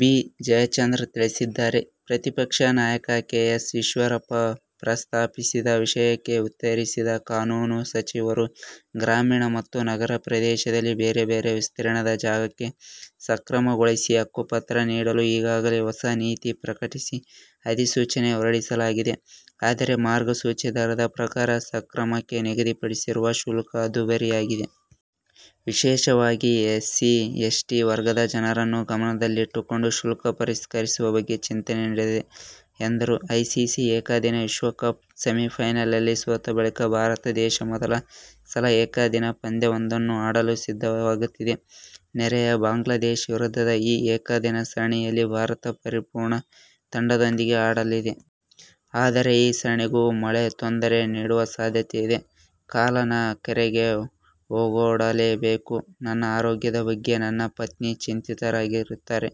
B. Jayachandra ತಿಳಿಸಿದ್ದಾರೆ. ಪ್ರತಿಪಕ್ಷ ನಾಯಕ ಕೆ. ಎಸ್. ಈಶ್ವರಪ್ಪ ಪ್ರಸ್ತಾಪಿಸಿದ ವಿಷಯಕ್ಕೆ ಉತ್ತರಿಸಿದ ಕಾನೂನು ಸಚಿವರು ಗ್ರಾಮೀಣ ಮತ್ತು ನಗರ ಪ್ರದೇಶದಲ್ಲಿ ಬೇರೆ-ಬೇರೆ ವಿಸ್ತೀರ್ಣದ ಜಾಗಕ್ಕೆ ಸಕ್ರಮ ಗೊಳಿಸಿ ಹಕ್ಕುಪತ್ರ ನೀಡಲು ಈಗಾಗಲೇ ಹೊಸ ನೀತಿ ಪ್ರಕಟಿಸಿ, ಅಧಿಸೂಚನೆ ಹೊರಡಿಸಲಾಗಿದೆ. ಆದರೆ, ಮಾರ್ಗಸೂಚಿ ದರದ ಪ್ರಕಾರ ಸಕ್ರಮಕ್ಕೆ ನಿಗದಿಪಡಿಸಿರುವ ಶುಲ್ಕ ದುಬಾರಿ ಆಗಿದೆ. ವಿಶೇಷವಾಗಿ ಎಸ್ಸಿ, ಎಸ್ಟಿ ವರ್ಗದ ಜನರನ್ನು ಗಮನದಲ್ಲಿಟ್ಟುಕೊಂಡು ಶುಲ್ಕ ಪರಿಷ್ಕರಿಸುವ ಬಗ್ಗೆ ಚಿಂತನೆ ನಡೆದಿದೆ ಎಂದರು. ಐಸಿಸಿ ಏಕದಿನ ವಿಶ್ವ ಕಪ್ನ ಸೆಮಿಫೈನಲ್ನಲ್ಲಿ ಸೋತ ಬಳಿಕ ಭಾರತ ದೇಶ ಮೊದಲ ಸಲ ಏಕದಿನ ಪಂದ್ಯವೊಂದನ್ನು ಆಡಲು ಸಿದ್ಧವಾಗುತ್ತಿದೆ. ನೆರೆಯ ಬಾಂಗ್ಲಾದೇಶ ವಿರುದ್ಧದ ಈ ಏಕದಿನ ಸರಣಿಯಲ್ಲಿ ಭಾರತ ಪರಿಪೂರ್ಣ ತಂಡದೊಂದಿಗೆ ಆಡಲಿದೆ. ಆದರೆ ಈ ಸರಣಿಗೂ ಮಳೆ ತೊಂದರೆ ನೀಡುವ ಸಾಧ್ಯತೆಯಿದೆ. ''''''ಕಾಲನ ಕರೆಗೆ ಓಗೊಡಲೇ ಬೇಕು. ನನ್ನ ಆರೋಗ್ಯದ ಬಗ್ಗೆ ನನ್ನ ಪತ್ನಿ ಚಿಂತಿತರಾಗಿರುತ್ತಾರೆ.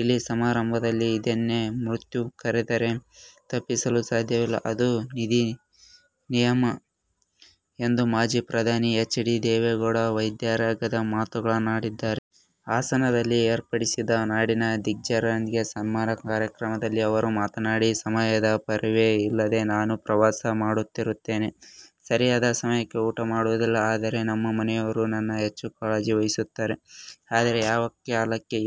ಇಲ್ಲಿ ಸಮಾರಂಭದಲ್ಲಿ ಇದ್ದೇನೆ. ಮೃತ್ಯು ಕರೆದರೆ ತಪ್ಪಿಸಲು ಸಾಧ್ಯವಿಲ್ಲ. ಅದು ವಿಧಿ ನಿಯಮ ಎಂದು ಮಾಜಿ ಪ್ರಧಾನಿ ಎಚ್. ಡಿ. ದೇವೇಗೌಡ ವೈರಾಗ್ಯದ ಮಾತುಗಳನ್ನಾಡಿದ್ದಾರೆ. ಹಾಸನದಲ್ಲಿ ಏರ್ಪಡಿಸಿದ್ದ ನಾಡಿನ ದಿಗ್ಗಜರಿಗೆ ಸನ್ಮಾನ ಕಾರ್ಯಕ್ರಮದಲ್ಲಿ ಅವರು ಮಾತನಾಡಿ, ''''ಸಮಯದ ಪರಿವೇ ಇಲ್ಲದೆ ನಾನು ಪ್ರವಾಸ ಮಾಡುತ್ತಿರುತ್ತೇನೆ. ಸರಿಯಾದ ಸಮಯಕ್ಕೆ ಊಟ ಮಾಡುವುದಿಲ್ಲ. ಆದರೆ ನಮ್ಮ ಮನೆಯವರು ನನ್ನ ಹೆಚ್ಚು ಕಾಳಜಿ ವಹಿಸುತ್ತಾರೆ. ಆದರೆ ಯಾವ ಕಾಲಕ್ಕೆ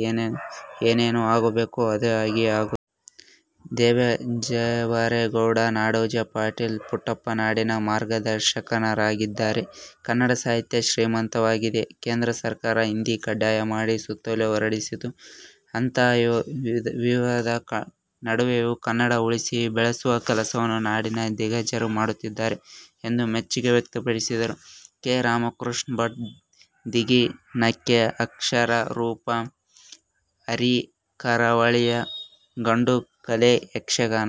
ಏನೇನು ಆಗಬೇಕೋ ಅದು ಆಗಿಯೇ ಆಗುತ್ತದೆ. ದೇ. ಜವರೇಗೌಡ, ನಾಡೋಜ ಪಾಟೀಲ್ ಪುಟ್ಟಪ್ಪ ನಾಡಿನ ಮಾರ್ಗದರ್ಶಕರಾಗಿದ್ದಾರೆ. ಕನ್ನಡ ಸಾಹಿತ್ಯ ಶ್ರೀಮಂತವಾಗಿದೆ. ಕೇಂದ್ರ ಸರ್ಕಾರ ಹಿಂದಿ ಕಡ್ಡಾಯ ಮಾಡಿ ಸುತ್ತೋಲೆ ಹೊರಡಿಸಿತ್ತು. ಅಂತಹ ವಿವಾದದ ನಡುವೆಯೂ ಕನ್ನಡ ಉಳಿಸಿ ಬೆಳೆಸುವ ಕೆಲಸವನ್ನು ನಾಡಿನ ದಿಗ್ಗಜರು ಮಾಡುತ್ತಿದ್ದಾರೆ ಎಂದು ಮೆಚ್ಚುಗೆ ವ್ಯಕ್ತಪಡಿಸಿದರು. ಕೆ. ರಾಧಾಕೃಷ್ಣ ಭಟ್; ಧಿಗಿಣಕ್ಕೆ ಅಕ್ಷರ ರೂಪ: ಹರಿಕರಾವಳಿಯ ಗಂಡುಕಲೆ ಯಕ್ಷಗಾನ.